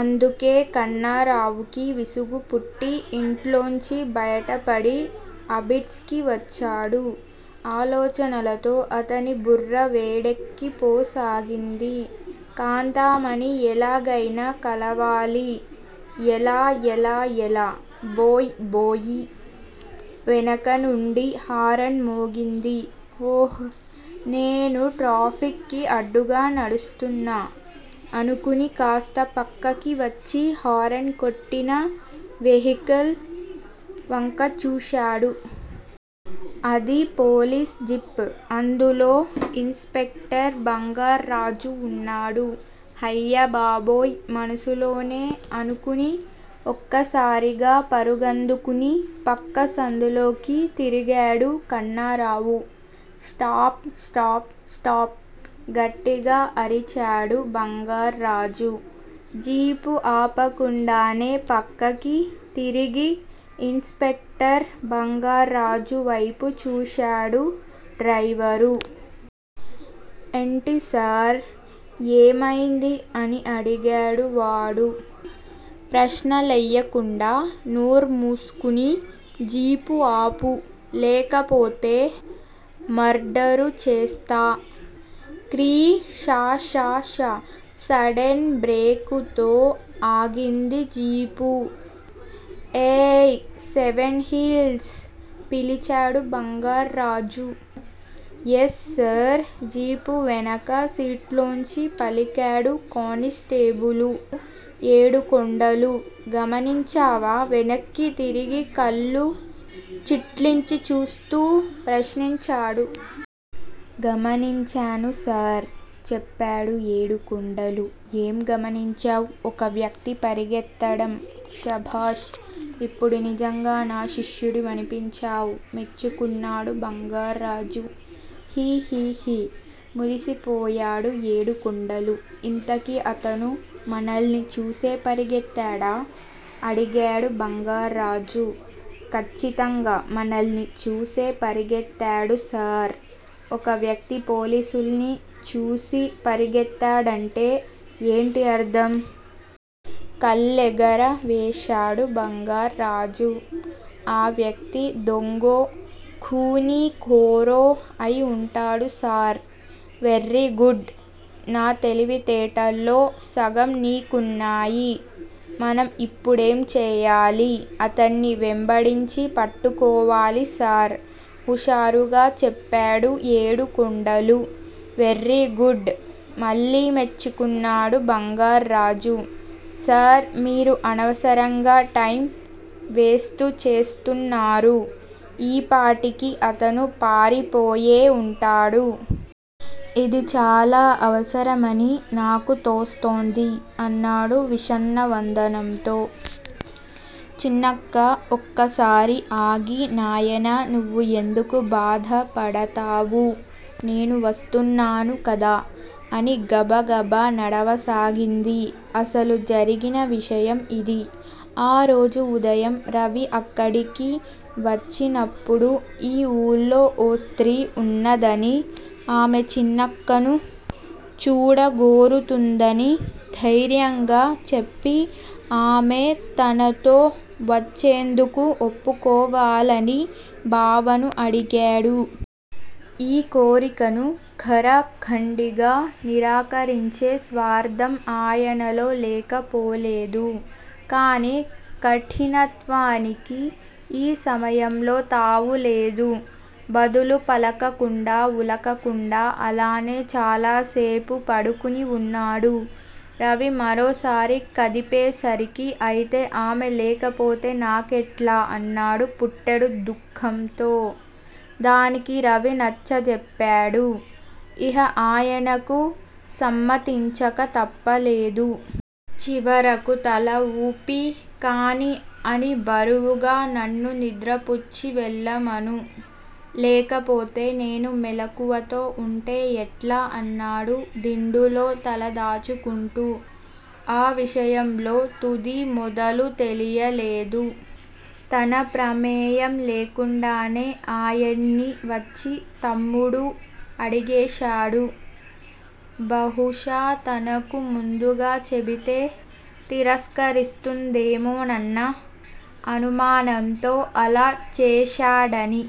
అందుకే కన్నరావుకి విసుగు పుట్టి యింట్లోంచి బయటపడి అబిడ్స్ కి వచ్చాడు. ఆలోచనలతో అతని బుర్ర వేడెక్కి పోసాగింది. కాంతామణి ఎలాగ్తెనా కలవాలి! ఎలా? ఎలా? ఎలా! బోయ్ బోయి వెనక నుండి హరన్ మోగింది. ఓహ్ నేను ట్రాఫిక్ కి అడ్డుగా నడుస్తున్నా అనుకుని కాస్త పక్కకి వచ్చి హరన్ కొట్టిన వెహికల్ వంక చూశాడు. అది పోలిస్ జిప్. అందులో ఇన్ స్పెక్టర్ బంగార్రాజు ఉన్నాడు. హయ్యబాబోయ్ మనసులోనే అనుకుని ఒక్కసారిగా పరుగందుకుని పక్క సందులోకి తిరిగాడు కన్నారావు. స్టాప్- స్టాప్ స్టాప్ గట్టిగా అరిచాడు బంగార్రాజు. జీపు ఆపకుండానే పక్కకి తిరిగి ఇన్స్ స్పెక్టర్ బంగార్ర్రాజు వ్తెపు చూశాడు డ్రైవరు. ఎంటిసార్? ఏమ్తెంది?? అని అడిగాడు వాడు. ప్రశ్నలేయ్యకుండా నోర్ముసుకుని జీపు ఆపు. లేకపోతే మర్డరు చేస్తా క్రి షషష సడెన్ బ్రేకుతో ఆగింది జీపు. ఏయ్ సెవెన్ హిల్స్! పిలిచాడు బంగార్రాజు. యస్ సార్ జీపు వెనక సీట్లోంచి పలికాడు కానిస్టేబులు ఏడుకొండలు. గమనించావా? వెనక్కి తిరిగి కళ్ళుచిట్లించి చూస్తూ ప్రశ్నించాడు. గమనించాను సార్ చెప్పాడు ఏడుకొండలు. ఏం గమనించావ్? ఒక వ్యక్తి పరిగెత్తడం శభాష్ ఇప్పుడు నిజంగా నా శిష్యుడి వనిపించావ్ మెచ్చుకున్నాడు బంగార్రాజు. హిహిహి మురిసిపోయాడు ఏడుకొండలు. ఇంతకి అతను మనల్ని చూసే పరిగెత్తడా? అడిగాడు బంగార్రాజు. కచ్చితంగా మనల్ని చూసే పరిగెత్తాడు సార్ ఒక వ్యక్తి పోలిసుల్ని చూసి పరిగేత్తడంటే ఏంటి అర్ధం? కళ్ళేగర వేశాడు బంగార్రాజు. ఆ వ్యక్తి దొంగో, ఖూనికోరో అయి ఉంటాడు సార్ వెర్రి గుడ్ నా తెలివితేటల్లో సగం నికున్నాయి, మనం ఇప్పడేం చెయ్యాలి! అతన్ని వెంబడించి పట్టుకోవాలి సార్ హుషారుగా చెప్పాడు ఏడుకొండలు. వెర్రి గుడ్ మళ్ళి మెచ్చుకున్నాడు బంగార్రాజు. సార్! మీరు అనవసరంగా టైమ్ వేస్తూ చేస్తున్నారు, ఈపాటికి అతను పారిపోయే ఉంటాడు. ఇది చాలా అవసరమని నాకు తోస్తోంది అన్నాడు విషణ్ణ వందనంతో. చిన్నక్క ఒక్కసారి ఆగి నాయనా! నువ్వు ఎందుకు బాధపడతావు? నేను వస్తున్నాను కదా! అని గబగబా నడవసాగింది. అసలు జరిగిన విషయం ఇది. ఆరోజు ఉదయం రవి అక్కడికి వచ్చినప్పుడు ఈ ఊళ్ళో ఓ స్త్రీ వున్నదనీ, ఆమె చిన్నక్కను చూడగోరుతుందనీ ధైర్యంగా చెప్పి, ఆమె తనతో వచ్చేందుకు ఒప్పుకోవాలని బావను అడిగాడు. ఈ కోరికను ఖరాఖండిగా నిరాకరించే స్వార్ధం ఆయనలో లేకపోలేదు. కానీ కఠినత్వానికి ఈ సమయంలో తావులేదు. బదులు పలకకుండా, ఉలకకుండా అలానే చాలాసేపు పడుకుని వున్నాడు. రవి మరోసారి కదిపేసరికిఅయితే, ఆమె లేకపోతే నాకెట్లా? అన్నాడు పుట్టెడు దుఃఖంతో. దానికి రవి నచ్చజెప్పాడు. ఇహ ఆయనకు సమ్మతించక తప్పలేదు. చివరకు తల ఊపి కానీ అని బరువుగా నన్ను నిద్రపుచ్చి వెళ్ళమను. లేకపోతే నేను మెలకువతో వుంటే ఎట్లా? అన్నాడు దిండులో తల దాచుకుంటూ. ఆ విషయంలో తుదీ మొదలూ తెలియలేదు. తన ప్రమేయంలేకుండానే ఆయన్ని వచ్చి తమ్ముడు అడిగేశాడు. బహుశా తనకు ముందుగా చెబితే తిరస్కరిస్తుందేమోనన్న అనుమానంతో అలా చేశాడని